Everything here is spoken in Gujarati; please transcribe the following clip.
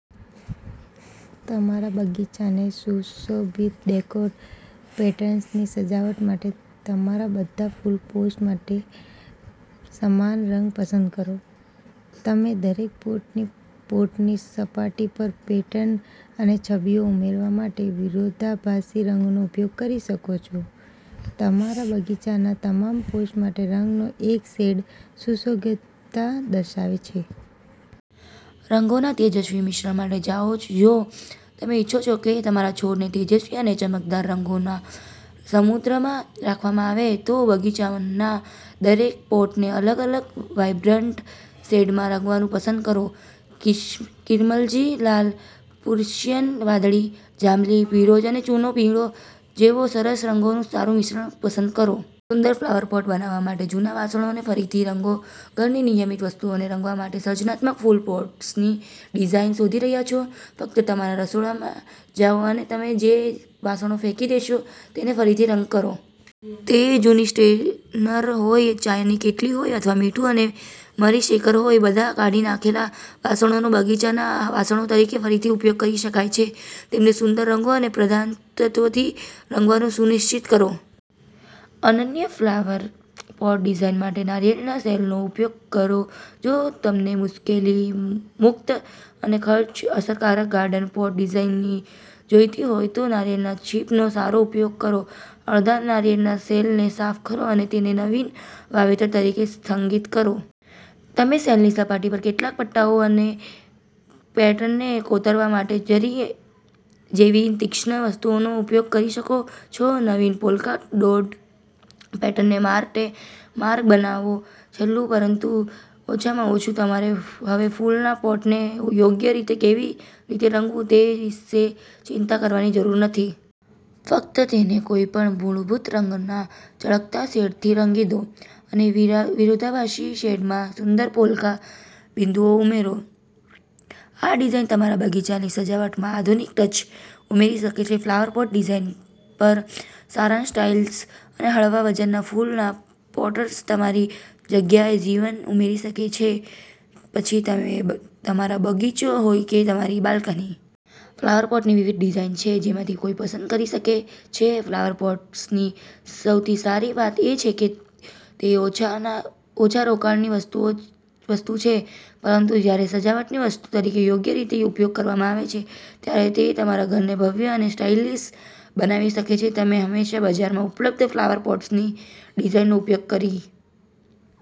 તમારા બગીચાને સુશોભિત ડેકોર પેટર્નથી સજાવવા માટે તમારા બધા ફૂલ પોટ્સ માટે સમાન રંગ પસંદ કરો. તમે દરેક પોટની પોટની સપાટી પર પેટર્ન અને છબીઓ ઉમેરવા માટે વિરોધાભાસી રંગોનો ઉપયોગ કરી શકો છો. તમારા બગીચાના તમામ ફુલ માટે રાંગનો એક શેડ સુસંગતતા દર્શાવે છે. રંગોના તેજસ્વી મિશ્રણ માટે જાઓ જો તમે ઇચ્છો છો કે તમારા છોડને તેજસ્વી અને ચમકદાર રંગોના સમુદ્રમાં રાખવામાં આવે, તો બગીચાના દરેક પોટને અલગ-અલગ વાઇબ્રન્ટ શેડમાં રંગવાનું પસંદ કરો. કિરમજી લાલ, પ્રુશિયન વાદળી, જાંબલી, પીરોજ અને ચૂનો પીળો જેવા સરસ રંગોનું સારું મિશ્રણ પસંદ કરો. સુંદર ફ્લાવર પોટ બનાવવા માટે જૂના વાસણોને ફરીથી રંગો ઘરની નિયમિત વસ્તુઓને રંગવા માટે સર્જનાત્મક ફૂલ પોટ્સની ડિઝાઇન શોધી રહ્યાં છો? ફક્ત તમારા રસોડામાં જાઓ અને તમે જે વાસણો ફેંકી દેશો તેને ફરીથી રંગ કરો. તે જૂની સ્ટ્રેનર હોય, ચાની કીટલી હોય, અથવા મીઠું અને મરી શેકર હોય, બધા કાઢી નાખેલા વાસણોનો બગીચાના વાસણો તરીકે ફરીથી ઉપયોગ કરી શકાય છે. તેમને સુંદર રંગો અને પ્રધાનતત્ત્વોથી રંગવાનું સુનિશ્ચિત કરો. અનન્ય ફ્લાવર પોટ ડિઝાઇન માટે નારિયેળના શેલનો ઉપયોગ કરો જો તમને મુશ્કેલી-મુક્ત અને ખર્ચ-અસરકારક ગાર્ડન પોટ ડિઝાઇન જોઈતી હોય, તો નારિયેળના છીપનો સારો ઉપયોગ કરો. અડધા નાળિયેરના શેલને સાફ કરો અને તેને નવીન વાવેતર તરીકે સ્થગિત કરો. તમે શેલની સપાટી પર કેટલાક પટ્ટાઓ અને પેટર્નને કોતરવા માટે છરી જેવી તીક્ષ્ણ વસ્તુનો ઉપયોગ કરી શકો છો. નવીન પોલ્કા ડોટ પેટર્ન ને માટે માર્ગ બનાવો છેલ્લું પરંતુ ઓછામાં ઓછું, તમારે હવે ફૂલના પોટને યોગ્ય રીતે કેવી રીતે રંગવું તે વિશે ચિંતા કરવાની જરૂર નથી. ફક્ત તેને કોઈપણ મૂળભૂત રંગના ચળકતા શેડથી રંગી દો અને વિરોધાભાસી શેડમાં સુંદર પોલ્કા બિંદુઓ ઉમેરો. આ ડિઝાઇન તમારા બગીચાની સજાવટમાં આધુનિક ટચ ઉમેરી શકે છે. ફ્લાવર પોટ ડિઝાઇન પર સારાંશ સ્ટાઇલિશ અને હળવા વજનના ફૂલના પોટ્સ તમારી જગ્યામાં જીવન ઉમેરી શકે છે, પછી તે તમારો બગીચો હોય કે તમારી બાલ્કની. ફ્લાવર પોટની વિવિધ ડિઝાઈન છે જેમાંથી કોઈ પસંદ કરી શકે છે. ફ્લાવર પોટ્સની સૌથી સારી વાત એ છે કે તે ઓછા રોકાણની વસ્તુ છે, પરંતુ જ્યારે સજાવટની વસ્તુ તરીકે યોગ્ય રીતે ઉપયોગ કરવામાં આવે છે, ત્યારે તે તમારા ઘરને ભવ્ય અને સ્ટાઇલિશ બનાવી શકે છે. તમે હંમેશા બજારમાં ઉપલબ્ધ ફ્લાવર પોટ્સની ડિઝાઇનનો ઉપયોગ કરી